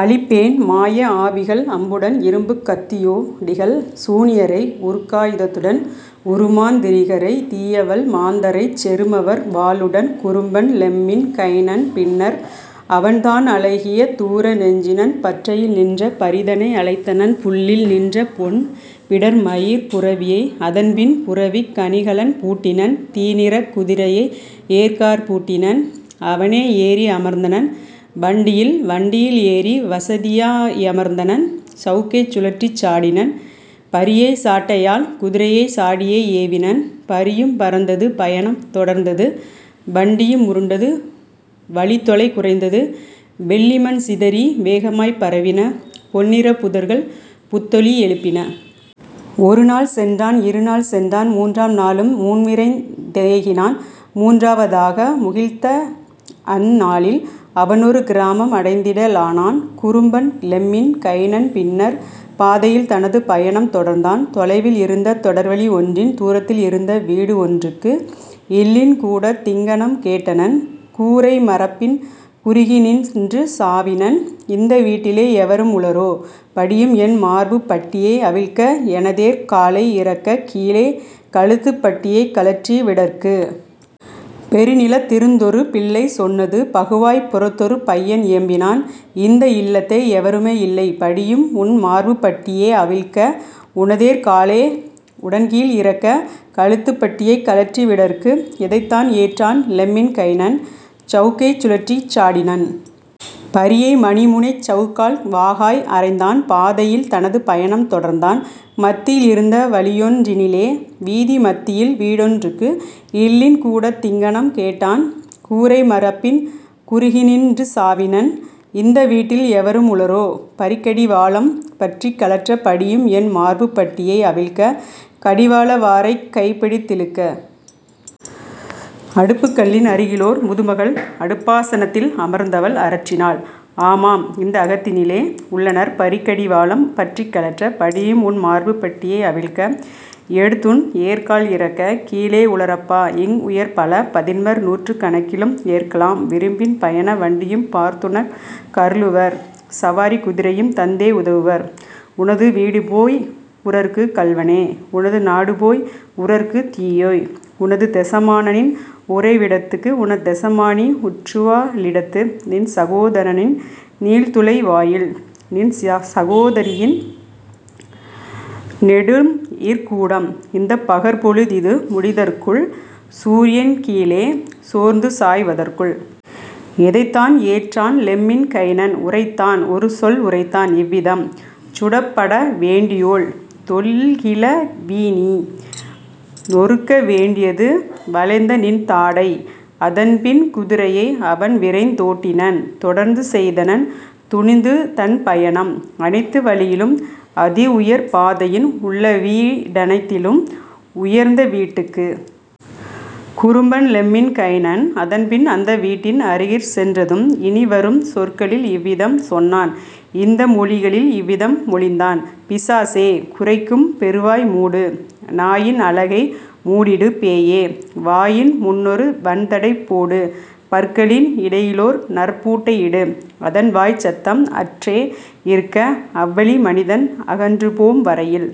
அழிப்பேன் மாய ஆவிகள் அம்புடன் இரும்புக் கத்தியோ டிகல்சூ னியரை உருக்கா யுதத்துடன் உறுமாந் திரிகரை தீயவல் மாந்தரைச் செறுமவர் வாளுடன்! " குறும்பன் லெம்மின் கைனன் பின்னர் அவன்தான் அழகிய தூர நெஞ்சினன் பற்றையில் நின்ற பரிதனை அழைத்தனன் புல்லில் நின்றபொன் பிடர்மயிர்ப் புரவியை அதன்பின் புரவிக் கணிகலன் பூட்டினன் தீநிறக் குதிரையை ஏர்க்காற் பூட்டினன் அவனே ஏறி அமர்ந்தனன் வண்டியில் வண்டியில் ஏறி வசதியா யமர்ந்தனன் சவுக்கைச் சுழற்றிச் சாடினன் பரியை சாட்டையால் குதிரையை சாடியே ஏவினன்; பரியும் பறந்தது பயணம் தொடர்ந்தது வண்டியும் உருண்டது வழித்தொலை குறைந்தது வெள்ளிமண் சிதறி வேகமாய்ப் பரவின பொன்னிறப் புதர்கள் புத்தொலி யெழுப்பின. ஒருநாள் சென்றான் இருநாள் சென்றான் மூன்றாம் நாளும் முன்விரைந் தேகினான் மூன்றாவ தாக முகிழ்த்தஅந் நாளில் அவன்ஒரு கிராமம் அடைந்திட லானான். குறும்பன் லெம்மின் கைனன் பின்னர் பாதையில் தனது பயணம் தொடர்ந்தான் தொலையில் இருந்த தொடர்வழி ஒன்றின் தூரத்தில் இருந்த வீடு ஒன்றுக்கு; இல்லின் கூடத் திங்ஙனம் கேட்டனன் கூரை மரப்பின் குறுகிநின் றுசாவினன்: "இந்த வீட்டிலே எவரும் உளரோ படியும்என் மார்புப் பட்டியை அவிழ்க்க எனதேர்க் காலை இறக்கக் கீழே கழுத்துப் பட்டியைக் கழற்றி விடற்கு? " பெருநிலத் திருந்தொரு பிள்ளை சொன்னது பகுவாய்ப் புறத்தொரு பையன் இயம்பினன்: "இந்தஇல் லத்தே எவருமே இல்லை படியும்உன் மார்புப் பட்டியே அவிழ்க்க உனதேர்க் காலை உடன்கீழ் இறக்க கழுத்துப் பட்டியைக் கழற்றி விடற்கு. " எதைத்தான் ஏற்றான் லெம்மின் கைனன் சவுக்கைச் சுழற்றிச் சாடினன் பரியை மணிமுனைச் சவுக்கால் வாகாய் அறைந்தான் பாதையில் தனது பயணம் தொடர்ந்தான் மத்தியில் இருந்த வழியொன் றினிலே வீதி மத்தியில் வீடொன் றுக்கு; இல்லின் கூடத் திங்ஙனம் கேட்டான் கூரை மரப்பின் குறுகிநின் றுசாவினன்: "இந்த வீட்டில் எவரும் உளரோ பரிக்கடி வாளம் பற்றிக் கழற்ற படியும்என் மார்புப் பட்டியை அவிழ்க்க கடிவாள வாரைக் கைப்பிடித் திழுக்க? " அடுப்புக் கல்லின் அருகிலோர் முதுமகள் அடுப்பா சனத்தில் அமர்ந்தவள் அரற்றினாள்: "ஆமாம், இந்த அகத்திலே உள்ளனர் பரிக்கடி வாளம் பற்றிக் கழற்ற படியும்உன் மார்புப் பட்டியை அவிழ்க்க எடுத்துன் ஏர்க்கால் இறக்கக் கீழே உளரப் பாஇங் உயர்பல பதின்மர் நூற்றுக் கணக்கிலும் ஏற்கலாம் விரும்பின் பயண வண்டியும் பார்த்துனக் கருளுவர் சவாரிக் குதிரையும் தந்தே உதவுவர் உனது வீடுபோய் உறற்குக் கள்வனே உனது நாடுபோய் உறற்குத் தீயோய் உனதுதெச மானனின் உறைவிடத் துக்கு உனதெச மானி உற்றுவா ழிடத்து நின்சகோ தரனின் நீள்நுழை வாயில் நின்சகோ தரியின் நெடும்இற் கூடம் இந்தப் பகற்பொழு திதுமுடி தற்குள் சூரியன் கீழே சோர்ந்துசாய் வதற்குள். " எதைத்தான் ஏற்றான் லெம்மின் கைனன் உரைத்தான் ஒருசொல் உரைத்தான் இவ்விதம்: "சுடப்பட வேண்டியோள், தொல்கிழ விநீ! நொருக்கவேண் டியது வளைந்தநின் தாடை. " அதன்பின் குதிரையை அவன்விரைந் தோட்டினன் தொடர்ந்து செய்தனன் துணிந்துதன் பயணம் அனைத்து வழியிலும் அதிஉயர் பாதையின் உள்ளவீ டனைத்திலும் உயர்ந்தவீட் டுக்கு. குறும்பன் லெம்மின் கைனன் அதன்பின் அந்த வீட்டின் அருகிற் சென்றதும் இனிவரும் சொற்களில் இவ்விதம் சொன்னான் இந்த மொழிகளில் இவ்விதம் மொழிந்தான்: "பிசாசே, குரைக்கும் பெருவாய் மூடு! நாயின் அலகை மூடிடு பேயே! வாயின் முன்னொரு வன்தடை போடு பற்களின் இடையிலோர் நற்பூட் டையிடு அதன்வாய்ச் சத்தம் அற்றே இருக்க அவ்வழி மனிதன் அகன்றுபோம் வரையில்.